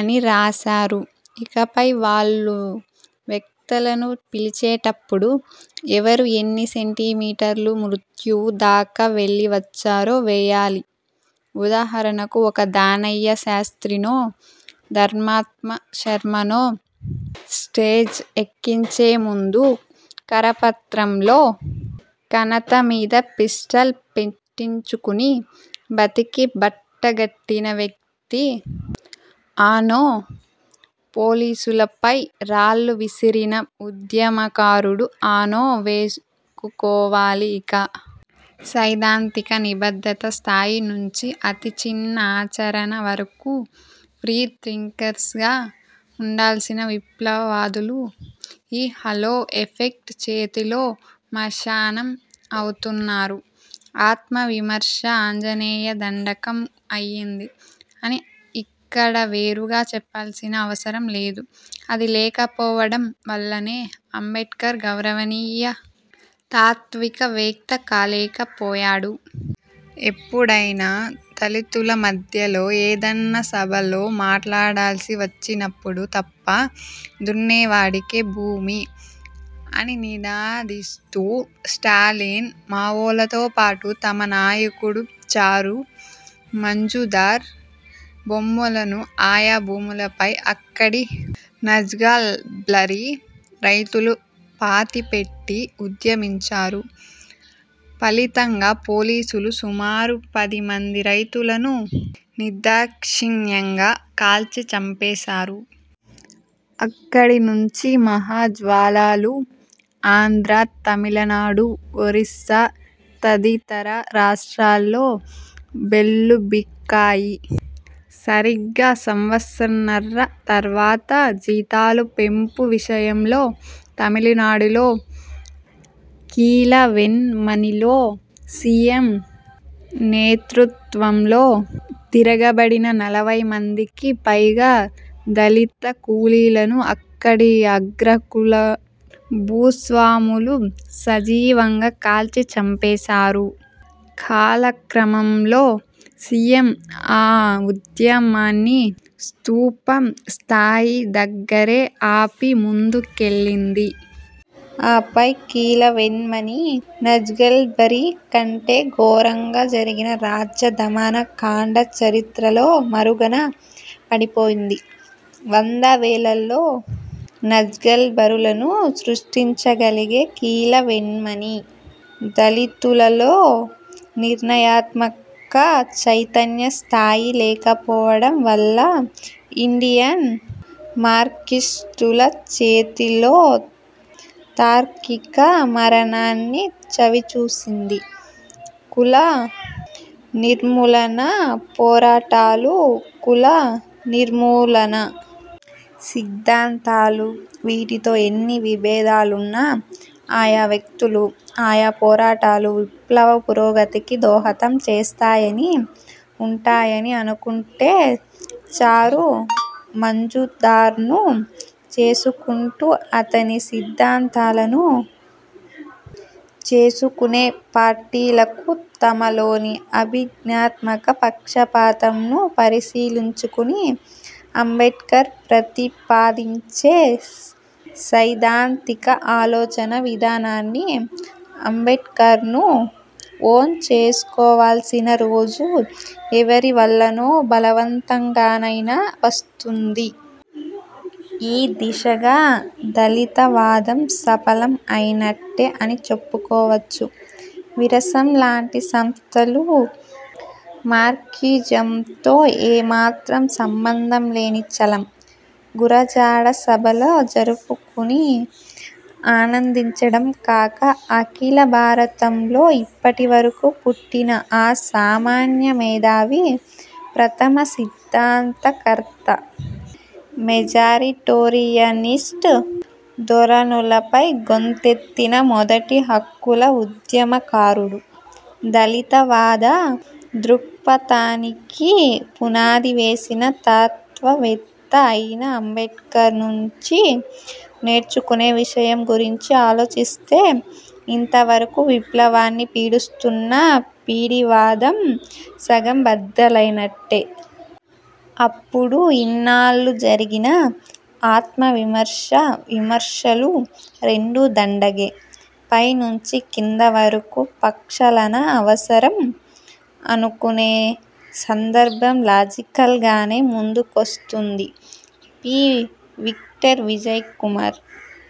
అని రాశారు. ఇకపై వాళ్ళు వక్తలను పిలిచేటప్పుడు, ఎవరు ఎన్ని సెంటిమీటర్లు మృత్యువు దాకా వెళ్ళి వచ్చారో వేయాలి. ఉదాహరణకు ఒక దానయ్య శాస్త్రినో, ధర్మాత్మ శర్మనో స్టేజ్ ఎక్కించే ముందు కరపత్రంలో ''కణత మీద పిస్టల్ పెట్టించుకుని బతికి బట్టగట్టిన వ్యక్తి'' అనో, ''పోలీసులపై రాళ్ళు విసిరిన ఉద్యమకారుడు'' అనో వేసుకోవాలి ఇక. సైద్ధాంతిక నిబద్ధత స్థాయి నుంచి, అతి చిన్న ఆచరణ వరకు 'ఫ్రీ థింకర్స్'గా ఉండాల్సిన విప్లవ వాదులు ఈ 'హాలో ఎఫెక్ట్' చేతిలో మశానం అవుతున్నారు. 'ఆత్మ విమర్శ' ఆంజనేయ దండకం అయ్యింది అని ఇక్కడ వేరుగా చెప్పాల్సిన అవసరం లేదు. అది లేకపోవడం వల్లనే అంబేడ్కర్ గౌరవనీయ తాత్వికవేత్త కాలేకపోయాడు. ఎప్పుడైనా దళితుల మధ్యలో ఏదన్నా సభల్లో మాట్లాడాల్సి వచ్చినప్పుడు తప్ప. 'దున్నేవాడికే భూమి' అని నినాదిస్తూ స్టాలిన్, మావోలతో పాటు తమ నాయకుడు చారు మజుందార్ బొమ్మలను ఆయా భూములపై అక్కడి నగ్జల్బరీ రైతులు పాతిపెట్టి ఉద్యమించారు.. ఫలితంగా పోలీసులు సుమారు పది మంది రైతులను నిర్దాక్షిణ్యంగా కాల్చి చంపేసారు. అక్కడి నుంచి మహా జ్వాలలు ఆంధ్ర, తమిళనాడు, ఒరిస్సా తదితర రాష్ట్రాల్లో పెల్లుబికాయి. సరిగ్గా సంవత్సరన్నర తర్వాత, జీతాల పెంపు విషయంలో తమిళనాడులోని కీలవేన్మణిలో సీపీఎం నేతృత్వంలో తిరగబడిన నలభై మందికి పైగా దళిత కూలీలను అక్కడి అగ్రకుల భూస్వాములు సజీవంగా కాల్చి చంపేసారు. కాలక్రమంలో సీపీఎం ఆ ఉద్యమాన్ని స్థూపం స్థాయి దగ్గరే ఆపి ముందుకెళ్ళింది. ఆపై కీలవేన్మణి, నగ్జల్బరీ కంటే ఘోరంగా జరిగిన రాజ్య దమనకాండ చరిత్రలో మరుగున పడిపోయింది. వంద, వేలల్లో నగ్జల్బరులను సృష్టించగలిగే కీలవేన్మణి, దళితులలో నిర్ణయాత్మక చైతన్య స్థాయి లేకపోవడం వల్ల, ఇండియన్ మార్క్సిస్టుల చేతిలో తార్కిక మరణాన్ని చవిచూసింది. కుల నిర్మూలనా పోరాటాలు, కుల నిర్మూలనా సిద్ధాంతాలు వీటితో ఎన్ని విభేదాలున్నా ఆయా వ్యక్తులు, ఆయా పోరాటాలు విప్లవ పురోగతికి దోహదం చేస్తాయనీ, ఉంటాయనీ అనుకుంటే, చారు మజుందార్ను '' చేసుకుంటూ అతని సిద్ధాంతాలను '' చేసుకునే పార్టీలకు, తమలోని అభిజ్ఞాత్మక పక్షపాతం ను పరిశీలించుకుని అంబేడ్కర్ ప్రతిపాదించే సైద్ధాంతిక ఆలోచన విధానాన్నీ, అంబేడ్కర్నూ 'ఓన్' చేసుకోవాల్సిన రోజు ఎవరి వల్లనో బలవంతంగానైనా వస్తుంది. ఈ దిశగా దళితవాదం సఫలం అయినట్టే అని చెప్పుకోవచ్చు. విరసం లాంటి సంస్థలు మార్క్సిజంతో ఏమాత్రం సంబంధం లేని చలం, గురజాడ సభలు జరుపుకుని ఆనందించడం కాక అఖిల భారతంలో ఇప్పటి వరకు పుట్టిన అసామాన్య మేధావి, ప్రథమ సిద్ధాంత కర్త, మెజారిటేరియనిస్ట్ ధోరణులపై గొంతెత్తిన మొదటి హక్కుల ఉద్యమకారుడు, దళితవాద దృక్పథానికి పునాదివేసిన తత్వవేత్త అయిన అంబేడ్కర్ నుంచి నేర్చుకునే విషయం గురించి ఆలోచిస్తే ఇంత వరకు విప్లవాన్ని పీడిస్తున్న పిడివాదం సగం బద్దలైనట్టే. అప్పుడు ఇన్నాళ్ళు జరిగిన ''ఆత్మ విమర్శ, విమర్శలు రెండూ దండగే, పై నుంచి కింద వరకు ప్రక్షాళన అవసరం'' అనుకునే సందర్భం లాజికల్ గానే ముందుకొస్తుంది. పి.విక్టర్ విజయ్ కుమార్